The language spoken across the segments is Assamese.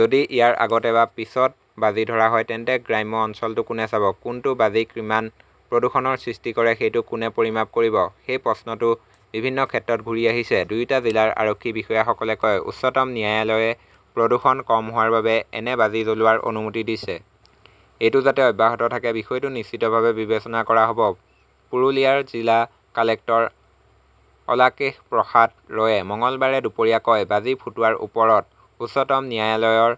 যদি ইয়াৰ আগতে বা পিছত বাজি ধৰা হয়, তেন্তে গ্ৰাম্য অঞ্চলতো কোনে চাব? কোনটো বাজি কিমান প্ৰদূষণৰ সৃষ্টি কৰে, সেইটো কোনে পৰিমাপ কৰিব? সেই প্ৰশ্নটো বিভিন্ন ক্ষেত্ৰত ঘূৰি আহিছে। দুয়োটা জিলাৰ আৰক্ষী বিষয়াসকলে কয়, "উচ্চতম ন্যায়ালয়ে প্ৰদূষণ কম হোৱাৰ বাবে এনে বাজি জ্বলোৱাৰ অনুমতি দিছে। এইটো যাতে অব্যাহত থাকে, বিষয়টো নিশ্চিতভাৱে বিবেচনা কৰা হব"। পুৰুলিয়াৰ জিলা কালেক্টৰ অলাকেশ প্ৰসাদ ৰয়ে মঙলবাৰে দুপৰীয়া কয়, "বাজি ফুুুটুৱাৰ ওপৰত উচ্চতম ন্যায়ালয়ৰ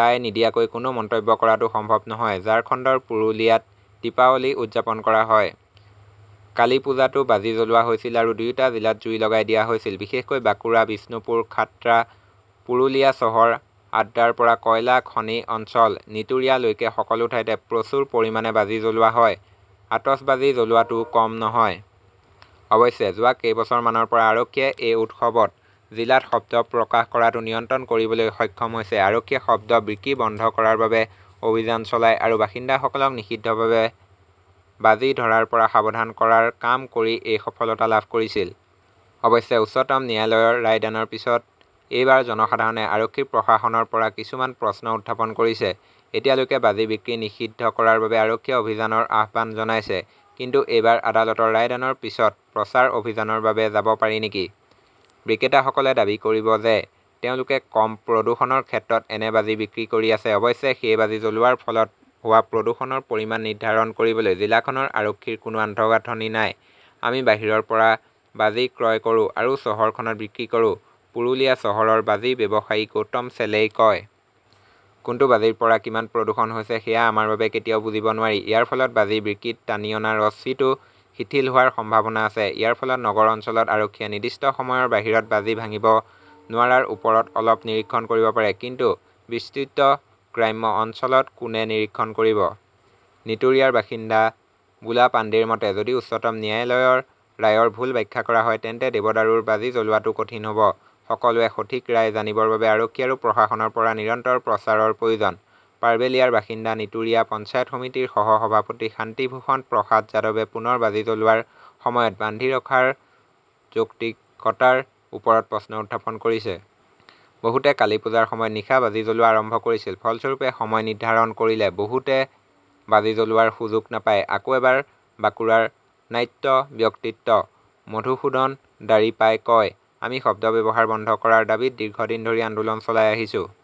ৰায় নিদিয়াকৈ কোনো মন্তব্য কৰাটো সম্ভৱ নহয়"। ঝাৰখণ্ডৰ পুৰুলিয়াত দীপাৱলী উদযাপন কৰা হয়। কালীপুজাতো বাজি জ্বলোৱা হৈছিল আৰু দুয়োটা জিলাত জুই লগাই দিয়া হৈছিল। বিশেষকৈ বাঁকুৰা, বিষ্ণুপুৰ, খাট্ৰা, পুৰুলিয়া চহৰ, আদ্ৰাৰ পৰা কয়লা খনি অঞ্চল নীতুৰিয়া লৈকে সকলো ঠাইতে প্ৰচুৰ পৰিমাণে বাজি জ্বলোৱা হয়। আতচবাজী জ্বলোৱাটোও কম নহয়। অৱশ্যে, যোৱা কেইবছৰমানৰ পৰা আৰক্ষীয়ে এই উৎসৱত জিলাত শব্দ প্ৰকাশ কৰাটো নিয়ন্ত্ৰণ কৰিবলৈ সক্ষম হৈছে। আৰক্ষীয়ে শব্দ বিক্ৰী বন্ধ কৰাৰ বাবে অভিযান চলায় আৰু বাসিন্দাসকলক নিষিদ্ধভাৱে বাজি ধৰাৰ পৰা সাৱধান কৰাৰ কাম কৰি এই সফলতা লাভ কৰিছিল। অৱশ্যে, উচ্চতম ন্যায়ালয়ৰ ৰায়দানৰ পিছত এইবাৰ জনসাধাৰণে আৰক্ষী-প্ৰশাসনৰ পৰা কিছুমান প্ৰশ্ন উত্থাপন কৰিছে। এতিয়ালৈকে বাজি বিক্ৰী নিষিদ্ধ কৰাৰ বাবে আৰক্ষীয়ে অভিযানৰ আহ্বান জনাইছে। কিন্তু এইবাৰ আদালতৰ ৰায়দানৰ পিছত প্ৰচাৰ অভিযানৰ বাবে যাব পাৰি নেকি? বিক্ৰেতাসকলে দাবী কৰিব যে, তেওঁলোকে কম প্ৰদূষণৰ ক্ষেত্ৰত এনে বাজি বিক্ৰী কৰি আছে। অৱশ্যে, সেই বাজি জ্বলোৱাৰ ফলত হোৱা প্ৰদূষণৰ পৰিমাণ নিৰ্ধাৰণ কৰিবলৈ জিলাখনৰ আৰক্ষীৰ কোনো আন্তঃগাঁথনি নাই। "আমি বাহিৰৰ পৰা বাজি ক্ৰয় কৰোঁ আৰু চহৰখনত বিক্ৰী কৰোঁ", পুৰুলিয়া চহৰৰ বাজি ব্যৱসায়ী গৌতম চেলেই কয়। কোনটো বাজিৰ পৰা কিমান প্ৰদূষণ হৈছে, সেয়া আমাৰ বাবে কেতিয়াও বুজিব নোৱাৰি। ইয়াৰ ফলত বাজি বিক্ৰীত টানি অনা ৰছিটো শিথিল হোৱাৰ সম্ভাৱনা আছে। ইয়াৰ ফলত নগৰ অঞ্চলত আৰক্ষীয়ে নিৰ্দিষ্ট সময়ৰ বাহিৰত বাজি ভাঙিব নোৱাৰাৰ ওপৰত অলপ নিৰীক্ষণ কৰিব পাৰে, কিন্তু বিস্তৃত গ্ৰাম্য অঞ্চলত কোনে নিৰীক্ষণ কৰিব? নীতুৰিয়াৰ বাসিন্দা বুলা পাণ্ডিৰ মতে, "যদি উচ্চতম ন্যায়ালয়ৰ ৰায়ৰ ভুল ব্যাখ্যা কৰা হয়, তেন্তে দেৱদাৰুৰ বাজি জ্বলোৱাটো কঠিন হব। সকলোৱে সঠিক ৰায় জানিবৰ বাবে আৰক্ষী আৰু প্ৰশাসনৰ পৰা নিৰন্তৰ প্ৰচাৰৰ প্ৰয়োজন"। পাৰ্বেলিয়াৰ বাসিন্দা নীতুৰিয়া পঞ্চায়ত সমিতিৰ সহ-সভাপতি শান্তিভূষণ প্ৰসাদ যাদৱে পুনৰ বাজি জ্বলোৱাৰ সময়ত বান্ধি ৰখাৰ যৌক্তিকতাৰ ওপৰত প্ৰশ্ন উত্থাপন কৰিছে। "বহুতে কালীপূজাৰ সময়ত নিশা বাজি জ্বলোৱা আৰম্ভ কৰিছিল। ফলস্বৰূপে, সময় নিৰ্ধাৰণ কৰিলে বহুতে বাজি জ্বলোৱাৰ সুযোগ নাপায়"। আকৌ এবাৰ বাঁকুৰাৰ নাট্য ব্যক্তিত্ব মধুসূদন দাৰিপাই কয়, "আমি শব্দ ব্যৱহাৰ বন্ধ কৰাৰ দাবীত দীৰ্ঘদিন ধৰি আন্দোলন চলাই আহিছো"।